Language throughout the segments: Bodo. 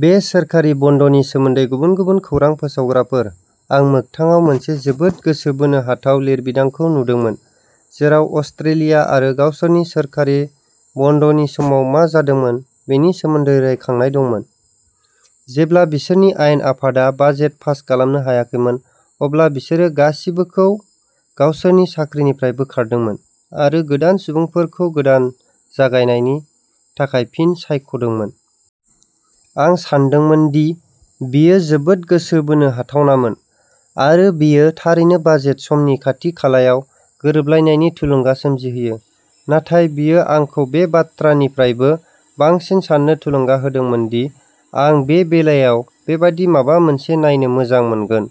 बे सोरखारि बन्द'नि सोमोन्दै गुबुन गुबुन खौरां फोसावग्राफोर। आं मोगथाङाव मोनसे जोबोद गोसो बोनो हाथाव लिरबिदांखौ नुदोंमोन, जेराव अस्ट्रेलिया आरो गावसोरनि सोरखारि बन्द'नि समाव मा जादोंमोन बेनि सोमोन्दै रायखांनाय दंमोन। जेब्ला बिसोरनि आयेन आफादा बाजेट पास खालामनो हायाखैमोन, अब्ला बिसोरो गासिबोखौ गावसोरनि साख्रिनिफ्राय बोखारदोंमोन आरो गोदान सुबुंफोरखौ गोदान जागायनायनि थाखाय फिन सायख'दोंमोन। आं सानदोंमोन दि बियो जोबोद गोसो बोनो हाथावनामोन आरो बियो थारैनो बाजेट समनि खाथि-खालायाव गोरोबलायनायनि थुलुंगा सोमजिहोयो, नाथाय बियो आंखौ बे बाथ्रानिफ्रायबो बांसिन साननो थुलुंगा होदोंमोन दि आं बे बेलायाव बेबादि माबा मोनसे नायनो मोजां मोनगोन।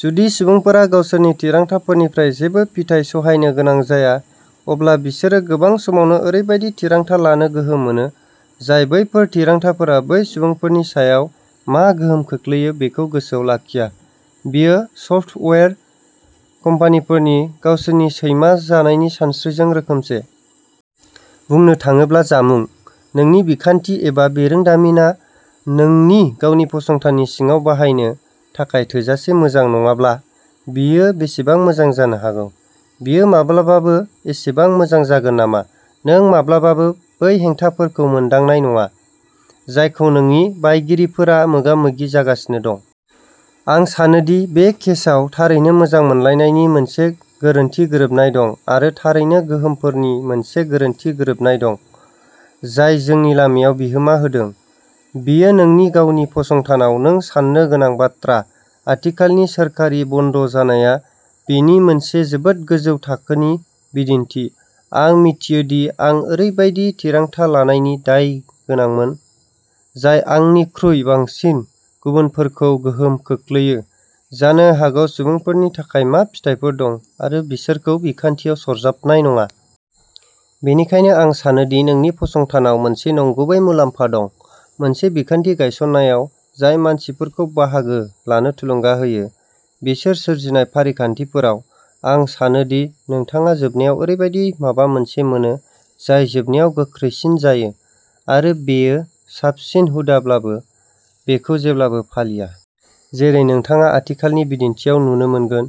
जुदि सुबुंफोरा गावसोरनि थिरांथाफोरनिफ्राय जेबो फिथाय सहायनो गोनां जाया, अब्ला बिसोरो गोबां समावनो ओरैबायदि थिरांथा लानो गोहो मोनो, जाय बैफोर थिरांथाफोरा बै सुबुंफोरनि सायाव मा गोहोम खोख्लैयो बेखौ गोसोआव लाखिया। बेयो सफ्टवेयार कम्पानिफोरनि गावसोरनि सैमा जानायनि सानस्रिजों रोखोमसे। बुंनो थाङोब्ला जामुं। नोंनि बिखान्थि एबा बिरोंदामिनआ नोंनि गावनि फसंथाननि सिङाव बाहायनो थाखाय थोजासे मोजां नङाब्ला, बियो बेसेबां मोजां जानो हागौ? बियो माब्लाबाबो एसेबां मोजां जागोन नामा? नों माब्लाबाबो बै हेंथाफोरखौ मोनदांनाय नङा जायखौ नोंनि बायगिरिफोरा मोगा-मोगि जागासिनो दं। आं सानो दि बे केसाव थारैनो मोजां मोनलायनायनि मोनसे गोरोन्थि गोरोबनाय दं आरो थारैनो गोहोमफोरनि मोनसे गोरोन्थि गोरोबनाय दं जाय जोंनि लामायाव बिहोमा होदों। बियो नोंनि गावनि फसंथानाव नों साननो गोनां बाथ्रा। आथिखालनि सोरखारि बन्द' जानाया बिनि मोनसे जोबोद गोजौ थाखोनि बिदिन्थि, आं मिथियो दि आं ओरैबायदि थिरांथा लानायनि दायगोनांमोन जाय आंनिख्रुइ बांसिन गुबुनफोरखौ गोहोम खोख्लैयो जानो हागौ सुबुंफोरनि थाखाय मा फिथायफोर दं आरो बिसोरखौ बिखान्थियाव सरजाबनाय नङा। बेनिखायनो आं सानो दि नोंनि फसंथानाव मोनसे नंगुबै मुलाम्फा दं मोनसे बिखान्थि गायसन्नायाव जाय मानसिफोरखौ बाहागो लानो थुलुंगा होयो। बिसोर सोरजिनाय फारिखान्थिफोराव। आं सानो दि नोंथाङा जोबनायाव ओरैबायदि माबा मोनसे मोनो जाय जोबनायाव गोख्रोंसिन जायो आरो बेयो साबसिन हुदाब्लाबो बेखौ जेब्लाबो फालिया। जेरै नोंथाङा आथिखालनि बिदिन्थिआव नुनो मोनगोन,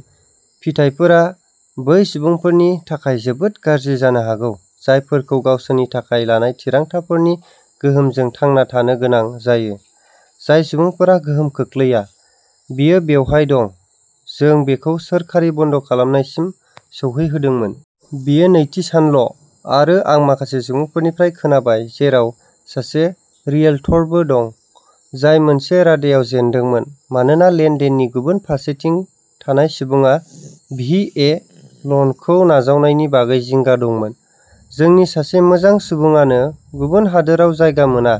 फिथायफोरा बै सुबुंफोरनि थाखाय जोबोद गाज्रि जानो हागौ, जायफोरखौ गावसोरनि थाखाय लानाय थिरांथाफोरनि गोहोमजों थांना थानो गोनां जायो, जाय सुबुंफोरा गोहोम खोख्लैया। बियो बेवहाय दं। जों बेखौ सोरखारि बन्द' खालामनायसिम सौहैहोदोंमोन। बियो नैथि सानल' आरो आं माखासे सुबुंफोरनिफ्राय खोनाबाय, जेराव सासे रियेल्टरबो दं, जाय मोनसे रादायाव जेनदोंमोन मानोना लेन-देननि गुबुन फारसेथिं थानाय सुबुङा भि ए ल'नखौ नाजावनायनि बागै जिंगा दंमोन। जोंनि सासे मोजां सुबुङानो गुबुन हादोराव जायगा मोना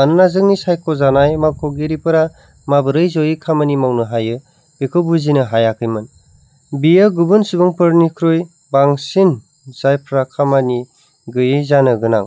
मानोना जोंनि सायख'जानाय मावख'गिरिफोरा माबोरै ज'यै खामानि मावनो हायो बेखौ बुजिनो हायाखैमोन। बियो गुबुन सुबुंफोरनिख्रुइ बांसिन जायफ्रा खामानि गैयै जानो गोनां,